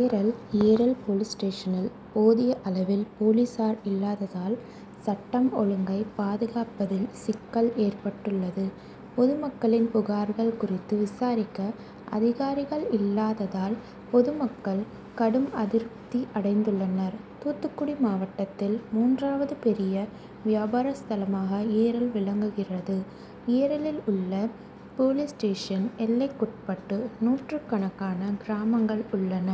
ஏரல் ஏரல்போலீஸ் ஸ்டேஷனில் போதிய அளவில் போலீசார் இல்லாததால் சட்டம் ஒழுங்கை பாதுகாப்பதில் சிக்கல் ஏற்பட்டுள்ளது. பொதுமக்களின் புகார்கள் குறித்து விசாரிக்க அதிகாரிகள் இல்லாததால் பொதுமக்கள் கடும் அதிருப்தி அடைந்துள்ளனர். தூத்துக்குடி மாவட்டத்தில் மூன்றாவது பெரிய வியாபார ஸ்தலமாக ஏரல் விளங்குகிறது. ஏரலில் உள்ள போலீஸ் ஸ்டேஷன் எல்லைக்குட்பட்டு நூற்றுக்கணக்கான கிராமங்கள் உள்ளன.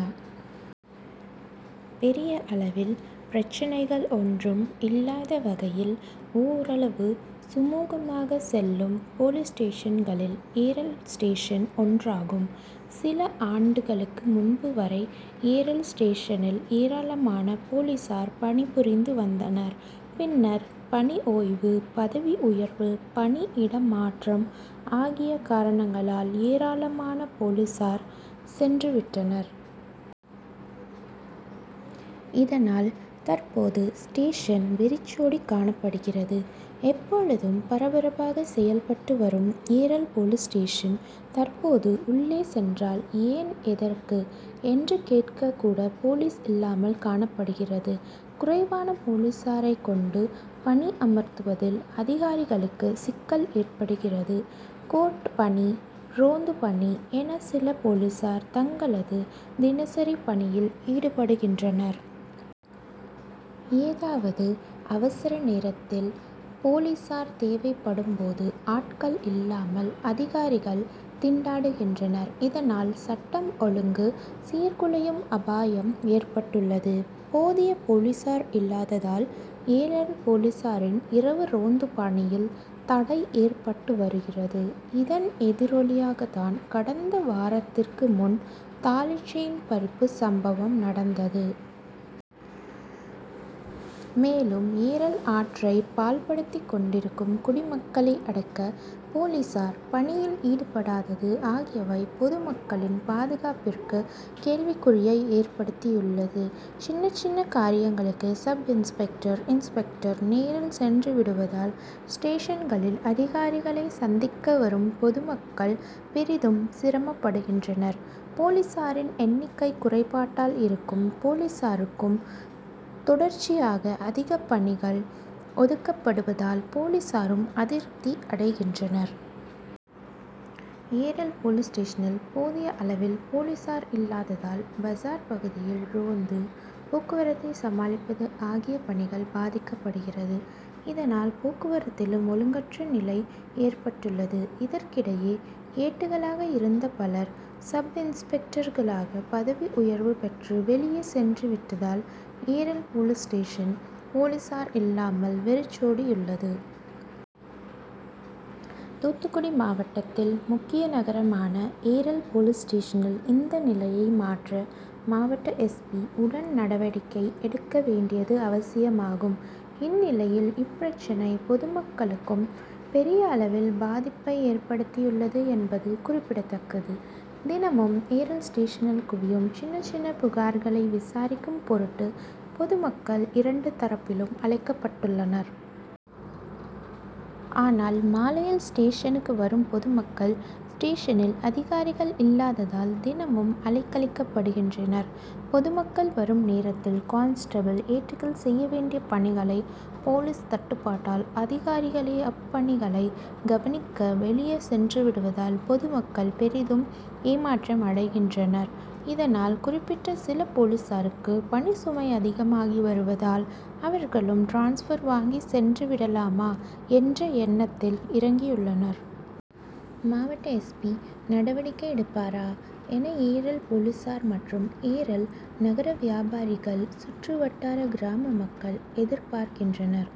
பெரிய அளவில் பிரச்னைகள் ஒன்றும் இல்லாத வகையில் ஓரளவு சுமூகமாக செல்லும் போலீஸ் ஸ்டேஷன்களில் ஏரல் ஸ்டேஷன் ஒன்றாகும். சில ஆண்டுகளுக்கு முன்பு வரை ஏரல் ஸ்டேஷனில் ஏராளமான போலீசார் பணிபுரிந்து வந்தனர். பின்னர் பணி ஓய்வு, பதவி உயர்வு, பணி இடமாற்றம் ஆகிய காரணங்களால் ஏராளமான போலீசார் சென்றுவிட்டனர். இதனால் தற்போது ஸ்டேஷன் வெறிச்சோடி காணப்படுகிறது. எப்பொழுதும் பரபரப்பாக செயல்பட்டு வரும் ஏரல் போலீஸ் ஸ்டேஷன் தற்போது உள்ளே சென்றால் ஏன் எதற்கு என்று கேட்க கூட போலீஸ் இல்லாமல் காணப்படுகிறது. குறைவான போலீசாரைக் கொண்டு பணி அமர்த்துவதில் அதிகாரிகளுக்கு சிக்கல் ஏற்படுகிறது. கோர்ட் பணி, ரோந்து பணி என சில போலீசார் தங்களது தினசரி பணியில் ஈடுபடுகின்றனர். ஏதாவது அவசர நேரத்தில் போலீசார் தேவைப்படும் போது ஆட்கள் இல்லாமல் அதிகாரிகள் திண்டாடுகின்றனர். இதனால் சட்டம் ஒழுங்கு சீர்குலையும் அபாயம் ஏற்பட்டுள்ளது. போதிய போலீசார் இல்லாததால் ஏரல் போலீசாரின் இரவு ரோந்து பணியில் தடை ஏற்பட்டு வருகிறது. இதன் எதிரொலியாக தான் கடந்த வாரத்திற்கு முன்பு தாலிசெயின் பறிப்பு சம்பவம் நடந்தது. மேலும் ஏரல் ஆற்றை பாழ்படுத்தி கொண்டிருக்கும் குடிமக்களை அடக்க போலீசார் பணியில் ஈடுபடாதது ஆகியவை பொதுமக்களின் பாதுகாப்பிற்கு கேள்விக்குறியை ஏற்படுத்தியுள்ளது. சின்ன சின்ன காரியங்களுக்கு சப்-இன்ஸ்பெக்டர், இன்ஸ்பெக்டர் நேரில் சென்று விடுவதால் ஸ்டேஷன்களில் அதிகாரிகளை சந்திக்க வரும் பொதுமக்கள் பெரிதும் சிரமப்படுகின்றனர். போலீசாரின் எண்ணிக்கை குறைபாட்டால் இருக்கும் போலீசாருக்கும் தொடர்ச்சியாக அதிக பணிகள் ஒதுக்கப்படுவதால் போலீசாரும் அதிருப்தி அடைகின்றனர். ஏரல் போலீஸ் ஸ்டேஷனில் போதிய அளவில் போலீசார் இல்லாததால் பஸார் பகுதியில் ரோந்து, போக்குவரத்தை சமாளிப்பது ஆகிய பணிகள் பாதிக்கப்படுகிறது. இதனால் போக்குவரத்திலும் ஒழுங்கற்ற நிலை ஏற்பட்டுள்ளது. இதற்கிடையே ஏட்டுக்களாக இருந்த பலர் சப்-இன்ஸ்பெக்டர்களாக பதவி உயர்வு பெற்று வெளியே சென்று விட்டதால் ஏரல் போலீஸ் ஸ்டேஷன் போலீசார் இல்லாமல் வெறிச்சோடியுள்ளது. தூத்துக்குடி மாவட்டத்தில் முக்கிய நகரமான ஏரல் போலீஸ் ஸ்டேஷனில் இந்த நிலையை மாற்ற மாவட்ட எஸ். பி., உடன் நடவடிக்கை எடுக்க வேண்டியது அவசியமாகும். இந்நிலையில் இப்பிரச்சனை பொதுமக்களுக்கும் பெரிய அளவில் பாதிப்பை ஏற்படுத்தியுள்ளது என்பது குறிப்பிடத்தக்கது. தினமும் ஏரல் ஸ்டேஷனில் குவியும் சின்ன சின்ன புகார்களை விசாரிக்கும் பொருட்டு பொதுமக்கள் இரண்டு தரப்பிலும் அழைக்கப்பட்டுள்ளனர். ஆனால் மாலையில் ஸ்டேஷனுக்கு வரும் பொதுமக்கள் ஸ்டேஷனில் அதிகாரிகள் இல்லாததால் தினமும் அலைக்கழிக்கப்படுகின்றனர். பொதுமக்கள் வரும் நேரத்தில் கான்ஸ்டபிள், ஏட்டுக்கள் செய்யவேண்டிய பணிகளை போலீஸ் தட்டுப்பாட்டால் அதிகாரிகளே அப்பணிகளை கவனிக்க வெளியே சென்றுவிடுவதால் பொதுமக்கள் பெரிதும் ஏமாற்றம் அடைகின்றனர். இதனால் குறிப்பிட்ட சில போலீசாருக்கு பணிசுமை அதிகமாகி வருவதால் அவர்களும் டிரான்ஸ்பர் வாங்கி சென்றுவிடலாமா என்ற எண்ணத்தில் இறங்கியுள்ளனர். மாவட்ட எஸ். பி.,நடவடிக்கை எடுப்பாரா என ஏரல் போலீசார் மற்றும் ஏரல் நகர வியாபாரிகள், சுற்று வட்டார கிராமமக்கள் எதிர்பார்க்கின்றனர்.